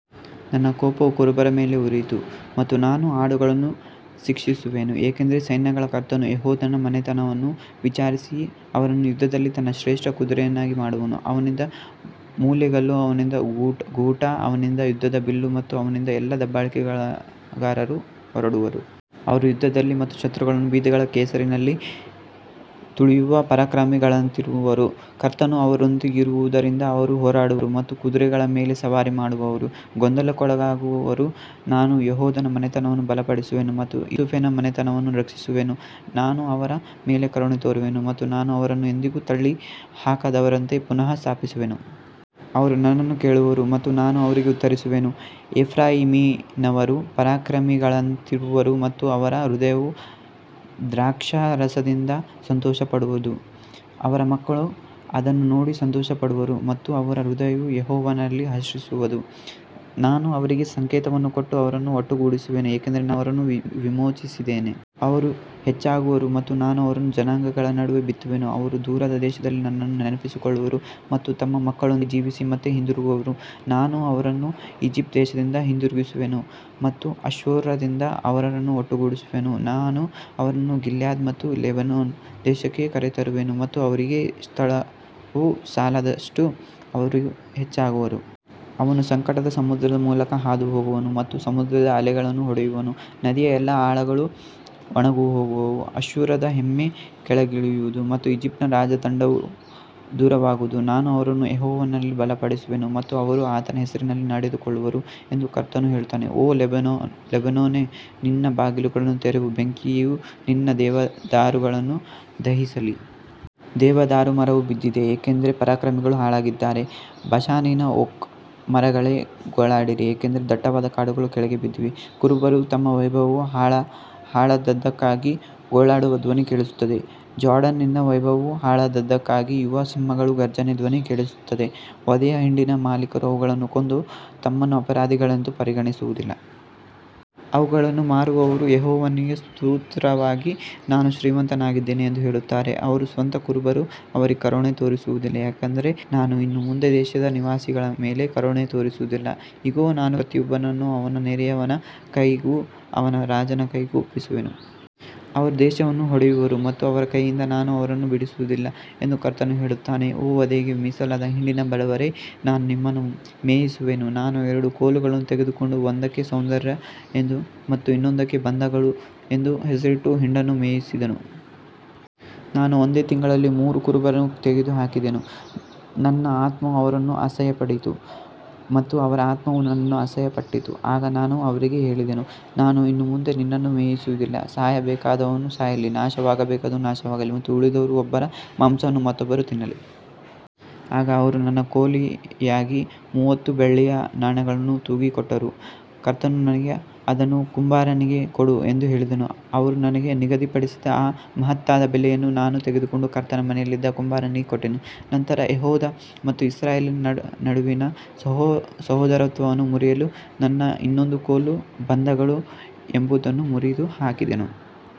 ನನ್ನ ಕೋಪವು ಕುರುಬರ ಮೇಲೆ ಉರಿಯಿತು ಮತ್ತು ನಾನು ಆಡುಗಳನ್ನು ಶಿಕ್ಷಿಸುವೆನು, ಏಕೆಂದರೆ ಸೈನ್ಯಗಳ ಕರ್ತನು ಯೆಹೂದದ ಮನೆತನವನ್ನು ವಿಚಾರಿಸಿ ಅವರನ್ನು ಯುದ್ಧದಲ್ಲಿ ತನ್ನ ಶ್ರೇಷ್ಠ ಕುದುರೆಯನ್ನಾಗಿ ಮಾಡುವನು. ಅವನಿಂದ ಮೂಲೆಗಲ್ಲು, ಅವನಿಂದ ಗೂಟ, ಅವನಿಂದ ಯುದ್ಧದ ಬಿಲ್ಲು ಮತ್ತು ಅವನಿಂದ ಎಲ್ಲಾ ದಬ್ಬಾಳಿಕೆಗಾರರು ಹೊರಡುವರು. ಅವರು ಯುದ್ಧದಲ್ಲಿ ತಮ್ಮ ಶತ್ರುಗಳನ್ನು ಬೀದಿಗಳ ಕೆಸರಿನಲ್ಲಿ ತುಳಿಯುವ ಪರಾಕ್ರಮಿಗಳಂತಿರುವರು. ಕರ್ತನು ಅವರೊಂದಿಗಿರುವುದರಿಂದ ಅವರು ಹೋರಾಡುವರು ಮತ್ತು ಕುದುರೆಗಳ ಮೇಲೆ ಸವಾರಿ ಮಾಡುವವರು ಗೊಂದಲಕ್ಕೊಳಗಾಗುವರು. ನಾನು ಯೆಹೂದದ ಮನೆತನವನ್ನು ಬಲಪಡಿಸುವೆನು ಮತ್ತು ಯೋಸೇಫನ ಮನೆತನವನ್ನು ರಕ್ಷಿಸುವೆನು. ನಾನು ಅವರ ಮೇಲೆ ಕರುಣೆ ತೋರುವೆನು ಮತ್ತು ನಾನು ಅವರನ್ನು ಎಂದಿಗೂ ತಳ್ಳಿಹಾಕದವರಂತೆ ಪುನಃ ಸ್ಥಾಪಿಸುವೆನು. ಅವರು ನನ್ನನ್ನು ಕೇಳುವರು ಮತ್ತು ನಾನು ಅವರಿಗೆ ಉತ್ತರಿಸುವೆನು. ಎಫ್ರಾಯೀಮಿನವರು ಪರಾಕ್ರಮಿಗಳಂತಿರುವರು ಮತ್ತು ಅವರ ಹೃದಯವು ದ್ರಾಕ್ಷಾರಸದಿಂದ ಸಂತೋಷಪಡುವದು. ಅವರ ಮಕ್ಕಳು ಅದನ್ನು ನೋಡಿ ಸಂತೋಷಪಡುವರು ಮತ್ತು ಅವರ ಹೃದಯವು ಯೆಹೋವನಲ್ಲಿ ಹರ್ಷಿಸುವದು. ನಾನು ಅವರಿಗೆ ಸಂಕೇತವನ್ನು ಕೊಟ್ಟು ಅವರನ್ನು ಒಟ್ಟುಗೂಡಿಸುವೆನು, ಏಕೆಂದರೆ ನಾನು ಅವರನ್ನು ವಿಮೋಚಿಸಿದ್ದೇನೆ. ಅವರು ಹೆಚ್ಚಾಗುವರು ಮತ್ತು ನಾನು ಅವರನ್ನು ಜನಾಂಗಗಳ ನಡುವೆ ಬಿತ್ತುವೆನು. ಅವರು ದೂರದ ದೇಶಗಳಲ್ಲಿ ನನ್ನನ್ನು ನೆನಪಿಸಿಕೊಳ್ಳುವರು ಮತ್ತು ತಮ್ಮ ಮಕ್ಕಳೊಂದಿಗೆ ಜೀವಿಸಿ ಮತ್ತೆ ಹಿಂದಿರುಗುವರು. ನಾನು ಅವರನ್ನು ಈಜಿಪ್ಟ್ ದೇಶದಿಂದ ಹಿಂದಿರುಗಿಸುವೆನು ಮತ್ತು ಅಶ್ಶೂರದಿಂದ ಅವರನ್ನು ಒಟ್ಟುಗೂಡಿಸುವೆನು. ನಾನು ಅವರನ್ನು ಗಿಲ್ಯಾದ್ ಮತ್ತು ಲೆಬನೋನ್ ದೇಶಕ್ಕೆ ಕರೆತರುವೆನು ಮತ್ತು ಅವರಿಗೆ ಸ್ಥಳವು ಸಾಲದಷ್ಟು ಅವರು ಹೆಚ್ಚಾಗುವರು. ಅವನು ಸಂಕಟದ ಸಮುದ್ರದ ಮೂಲಕ ಹಾದುಹೋಗುವನು ಮತ್ತು ಸಮುದ್ರದ ಅಲೆಗಳನ್ನು ಹೊಡೆಯುವನು. ನದಿಯ ಎಲ್ಲಾ ಆಳಗಳು ಒಣಗಿಹೋಗುವವು. ಅಶ್ಶೂರದ ಹೆಮ್ಮೆ ಕೆಳಗಿಳಿಯುವುದು ಮತ್ತು ಈಜಿಪ್ಟಿನ ರಾಜದಂಡವು ದೂರವಾಗುವುದು. ನಾನು ಅವರನ್ನು ಯೆಹೋವನಲ್ಲಿ ಬಲಪಡಿಸುವೆನು ಮತ್ತು ಅವರು ಆತನ ಹೆಸರಿನಲ್ಲಿ ನಡೆದುಕೊಳ್ಳುವರು ಎಂದು ಕರ್ತನು ಹೇಳುತ್ತಾನೆ. ಓ ಲೆಬನೋನೇ, ನಿನ್ನ ಬಾಗಿಲುಗಳನ್ನು ತೆರೆಯು, ಬೆಂಕಿಯು ನಿನ್ನ ದೇವದಾರುಗಳನ್ನು ದಹಿಸಲಿ. ದೇವದಾರು ಮರವು ಬಿದ್ದಿದೆ, ಏಕೆಂದರೆ ಪರಾಕ್ರಮಿಗಳು ಹಾಳಾಗಿದ್ದಾರೆ. ಬಾಷಾನಿನ ಓಕ್ ಮರಗಳೇ, ಗೋಳಾಡಿರಿ, ಏಕೆಂದರೆ ದಟ್ಟವಾದ ಕಾಡುಗಳು ಕೆಳಗೆ ಬಿದ್ದಿವೆ. ಕುರುಬರು ತಮ್ಮ ವೈಭವವು ಹಾಳಾದದ್ದಕ್ಕಾಗಿ ಗೋಳಾಡುವ ಧ್ವನಿ ಕೇಳಿಸುತ್ತದೆ. ಜೋರ್ಡಾನಿನ ವೈಭವವು ಹಾಳಾದದ್ದಕ್ಕಾಗಿ ಯುವ ಸಿಂಹಗಳ ಗರ್ಜನೆಯ ಧ್ವನಿ ಕೇಳಿಸುತ್ತದೆ. ವಧೆಯ ಹಿಂಡಿನ ಮಾಲೀಕರು ಅವುಗಳನ್ನು ಕೊಂದು ತಮ್ಮನ್ನು ಅಪರಾಧಿಗಳೆಂದು ಪರಿಗಣಿಸುವುದಿಲ್ಲ. ಅವುಗಳನ್ನು ಮಾರುವವರು, ಯೆಹೋವನಿಗೆ ಸ್ತೋತ್ರವಾಗಲಿ, ನಾನು ಶ್ರೀಮಂತನಾಗಿದ್ದೇನೆ ಎಂದು ಹೇಳುತ್ತಾರೆ. ಅವರ ಸ್ವಂತ ಕುರುಬರು ಅವರಿಗೆ ಕರುಣೆ ತೋರಿಸುವುದಿಲ್ಲ. ಯಾಕಂದರೆ ನಾನು ಇನ್ನು ಮುಂದೆ ದೇಶದ ನಿವಾಸಿಗಳ ಮೇಲೆ ಕರುಣೆ ತೋರಿಸುವುದಿಲ್ಲ. ಇಗೋ, ನಾನು ಪ್ರತಿಯೊಬ್ಬನನ್ನೂ ಅವನ ನೆರೆಯವನ ಕೈಗೂ ಅವನ ರಾಜನ ಕೈಗೂ ಒಪ್ಪಿಸುವೆನು. ಅವರು ದೇಶವನ್ನು ಹೊಡೆಯುವರು ಮತ್ತು ಅವರ ಕೈಯಿಂದ ನಾನು ಅವರನ್ನು ಬಿಡಿಸುವುದಿಲ್ಲ ಎಂದು ಕರ್ತನು ಹೇಳುತ್ತಾನೆ. ಓ ವಧೆಗೆ ಮೀಸಲಾದ ಹಿಂಡಿನ ಬಡವರೇ, ನಾನು ನಿಮ್ಮನ್ನು ಮೇಯಿಸುವೆನು. ನಾನು ಎರಡು ಕೋಲುಗಳನ್ನು ತೆಗೆದುಕೊಂಡು ಒಂದಕ್ಕೆ ಸೌಂದರ್ಯ ಎಂದು ಮತ್ತು ಇನ್ನೊಂದಕ್ಕೆ ಬಂಧಗಳು ಎಂದು ಹೆಸರಿಟ್ಟು ಹಿಂಡನ್ನು ಮೇಯಿಸಿದೆನು. ನಾನು ಒಂದೇ ತಿಂಗಳಲ್ಲಿ ಮೂರು ಕುರುಬರನ್ನು ತೆಗೆದುಹಾಕಿದೆನು. ನನ್ನ ಆತ್ಮವು ಅವರನ್ನು ಅಸಹ್ಯಪಡಿತು ಮತ್ತು ಅವರ ಆತ್ಮವೂ ನನ್ನನ್ನು ಅಸಹ್ಯಪಟ್ಟಿತು. ಆಗ ನಾನು ಅವರಿಗೆ ಹೇಳಿದೆನು, ನಾನು ಇನ್ನು ಮುಂದೆ ನಿಮ್ಮನ್ನು ಮೇಯಿಸುವುದಿಲ್ಲ. ಸಾಯಬೇಕಾದವನು ಸಾಯಲಿ, ನಾಶವಾಗಬೇಕಾದವನು ನಾಶವಾಗಲಿ ಮತ್ತು ಉಳಿದವರು ಒಬ್ಬರ ಮಾಂಸವನ್ನು ಮತ್ತೊಬ್ಬರು ತಿನ್ನಲಿ. ಆಗ ಅವರು ನನ್ನ ಕೂಲಿಯಾಗಿ ಮೂವತ್ತು ಬೆಳ್ಳಿಯ ನಾಣ್ಯಗಳನ್ನು ತೂಗಿ ಕೊಟ್ಟರು. ಕರ್ತನು ನನಗೆ, ಅದನ್ನು ಕುಂಬಾರನಿಗೆ ಕೊಡು ಎಂದು ಹೇಳಿದನು. ಅವರು ನನಗೆ ನಿಗದಿಪಡಿಸಿದ ಆ ಮಹತ್ತಾದ ಬೆಲೆಯನ್ನು ನಾನು ತೆಗೆದುಕೊಂಡು ಕರ್ತನ ಮನೆಯಲ್ಲಿದ್ದ ಕುಂಬಾರನಿಗೆ ಕೊಟ್ಟೆನು. ನಂತರ ಯೆಹೂದ ಮತ್ತು ಇಸ್ರಾಯೇಲಿನ ನಡುವಿನ ಸಹೋದರತ್ವವನ್ನು ಮುರಿಯಲು ನನ್ನ ಇನ್ನೊಂದು ಕೋಲು, ಬಂಧಗಳು ಎಂಬುದನ್ನೂ ಮುರಿದುಹಾಕಿದೆನು.